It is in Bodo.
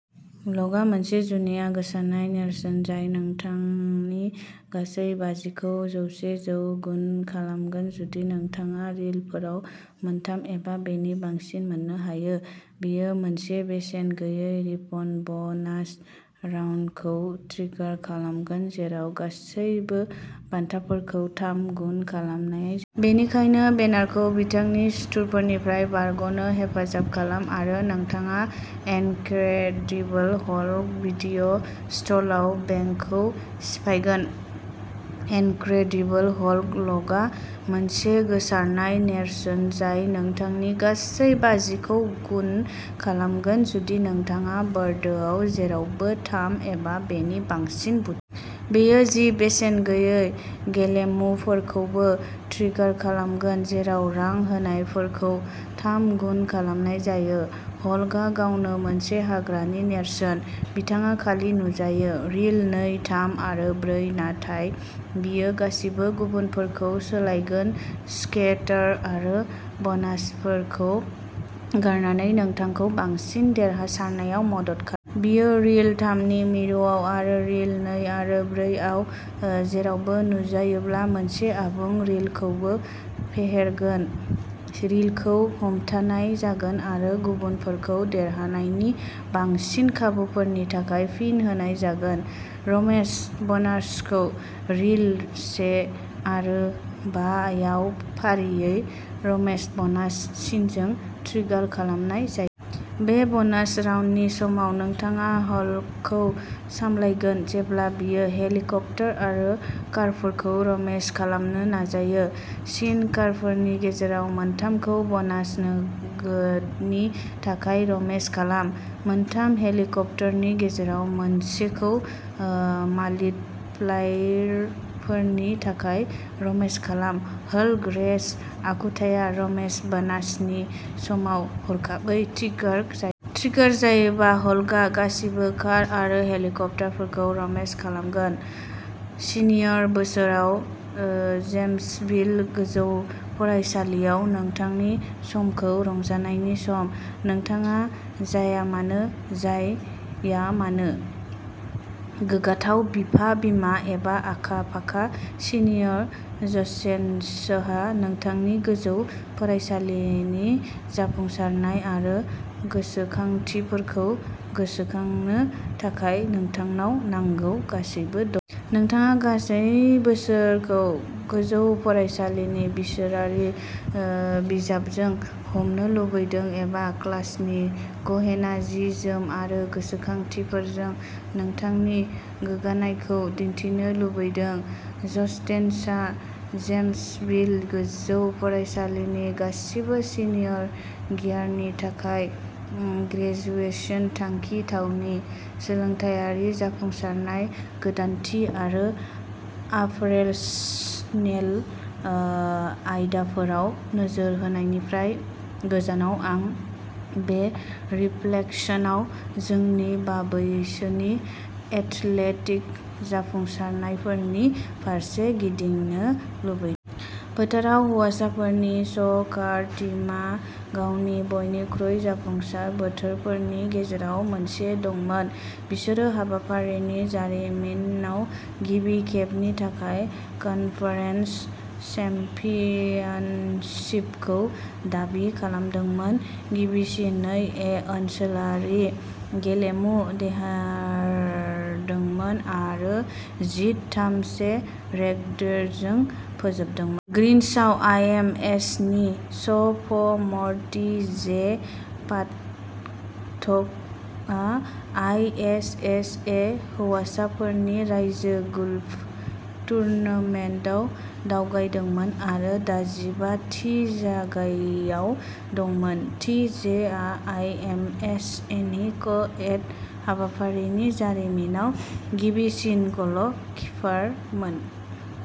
लगआ मोनसे जुनिया गोसारनाय नेरसोन जाय नोंथांनि गासै बाजिखौ जौवसे जौ गुन खालामगोन जुदि नोंथाङा रिलफोराव मोनथाम एबा बेनि बांसिन मोननो हायो। बेयो मोनसे बेसेन गैयै रापन ब'नास राउन्डखौ ट्रिगार खालामगोन जेराव गासैबो बान्थाफोरखौ थाम गुन खालामनाय । बेनिखायनो बेनारखौ बिथांनि सुथुरफोरनिफ्राय बारग'नो हेफाजाब खालाम आरो नोंथाङा इनक्रेडिबल हल्क भिडिय'स्लटआव बेंकखौ सिफायगोन। इनक्रेडिबल हल्क लगआ मोनसे गोसारनाय नेरसोन जाय नोंथांनि गासै बाजिखौ गुन खालामगोन जुदि नोंथाङा बर्डआव जेरावबो थाम एबा बेनि बांसिन बु। बेयो जि बेसेन गैयै गेलेमुफोरखौबो ट्रिगार खालामगोन जेराव रां होनायफोरखौ थाम गुन खालामनाय जायो। हल्कआ गावनो मोनसे हाग्रानि नेरसोन। बिथाङा खालि नुजायो। रिल नै थाम आरो ब्रै नाथाय बियो गासिबो गुबुनफोरखौ सोलायगोन स्केटार आरो बनासफोरखौ गारनानै नोंथांखौ बांसिन देरहासारनायाव मदद खा। बियो रिल थामनि मिरुआव आरो रिल नै आरो ब्रै आव ओ जेरावबो नुजायोब्ला मोनसे आबुं रिलखौबो फेहेरगोन। रिलखौ हमथानाय जागोन आरो गुबुनफोरखौ देरहानायनि बांसिन खाबुफोरनि थाखाय फिन होनाय जागोन। रमेश बनासखौ रिल से आरो बा आव फारियै रमेश बनास सिनजों ट्रिगार खालामनाय जायो। बे बनास राउन्डनि समाव नोंथाङा हल्कखौ सामलायगोन जेब्ला बियो हेलिकप्टार आरो कारफोरखौ रमेश खालामनो नाजायो। स्नि कारफोरनि गेजेराव मोनथामखौ ब'नास नोगोदनि थाखाय रमेश खालाम। मोनथाम हेलिकप्टारनि गेजेराव मोनसेखौ ओ माल्टिप्लायरफोरनि थाखाय रमेश खालाम। हल्क रेज आखुथाया रमेश बनासनि समाव हरखाबै ट्रिगार जायो। ट्रिगार जायोब्ला, हल्कआ गासिबो कार आरो हेलिकप्टारफोरखौ रमेश खालामगोन। सिनियर बोसोरआ ओ जेम्सविल गोजौ फरायसालिआव नोंथांनि समखौ रंजानायनि सम। नोंथाङा जायामानो जाया मानो। गोग्गाथाव बिमा-बिफा एबा आखा-फाखा सिनियर जस्टेन्सहा नोंथांनि गोजौ फरायसालिनि जाफुंसारनाय आरो गोसोखांथिफोरखौ गोसोखांनो थाखाय नोंथांनाव नांगौ गासैबो दं। नोंथाङा गासै बोसोरखौ गोजौ फरायसालिनि बोसोरारि ओ बिजाबजों हमनो लुबैदों एबा क्लासनि गहेना जि जोम आरो गोसोखांथिफोरजों नोंथांनि गोग्गानायखौ दिन्थिनो लुबैदों जस्टेन्सआ जेम्सविल गोजौ फरायसालिनि गासिबो सिनियर गियारनि थाखाय ग्रेजुएशन थांखि थावनि। सोलोंथायारि जाफुंसारनाय गोदानथि आरो आपारेसनेल ओ आयदाफोराव नोजोर होनायनिफ्राय गोजानाव आं बे रिफ्लेक्शनआव जोंनि बाबैसोनि एथलेटिक जाफुंसारनायफोरनि फारसे गिदिंनो लुबै। फोथाराव हौवासाफोरनि स'कार टीमा गावनि बयनिख्रुइ जाफुंसार बोथोरफोरनि गेजेराव मोनसे दंमोन। बिसोरो हाबाफारिनि जारिमिनाव गिबि खेबनि थाखाय कनफारेन्स चेम्पियनशिपखौ दाबि खालामदोंमोन गिबिसिन नै ए ओनसोलारि गेलेमु देरहादोंमोन आरो जिद थाम से रेकर्डजों फोजोबदोंमोन। ग्रीन्सआव आईएमएसएनि स फ मर टी जे पटाकआ आई एच एस ए हौवासाफोरनि रायजो गल्फ टुर्नामेन्टआव दावगादोंमोन आरो दजिबा थि जायगायाव दंमोन। टी जे आ आई एम एस एनि क एड हाबाफारिनि जारिमिनाव गिबिसिन गल खिपारमोन।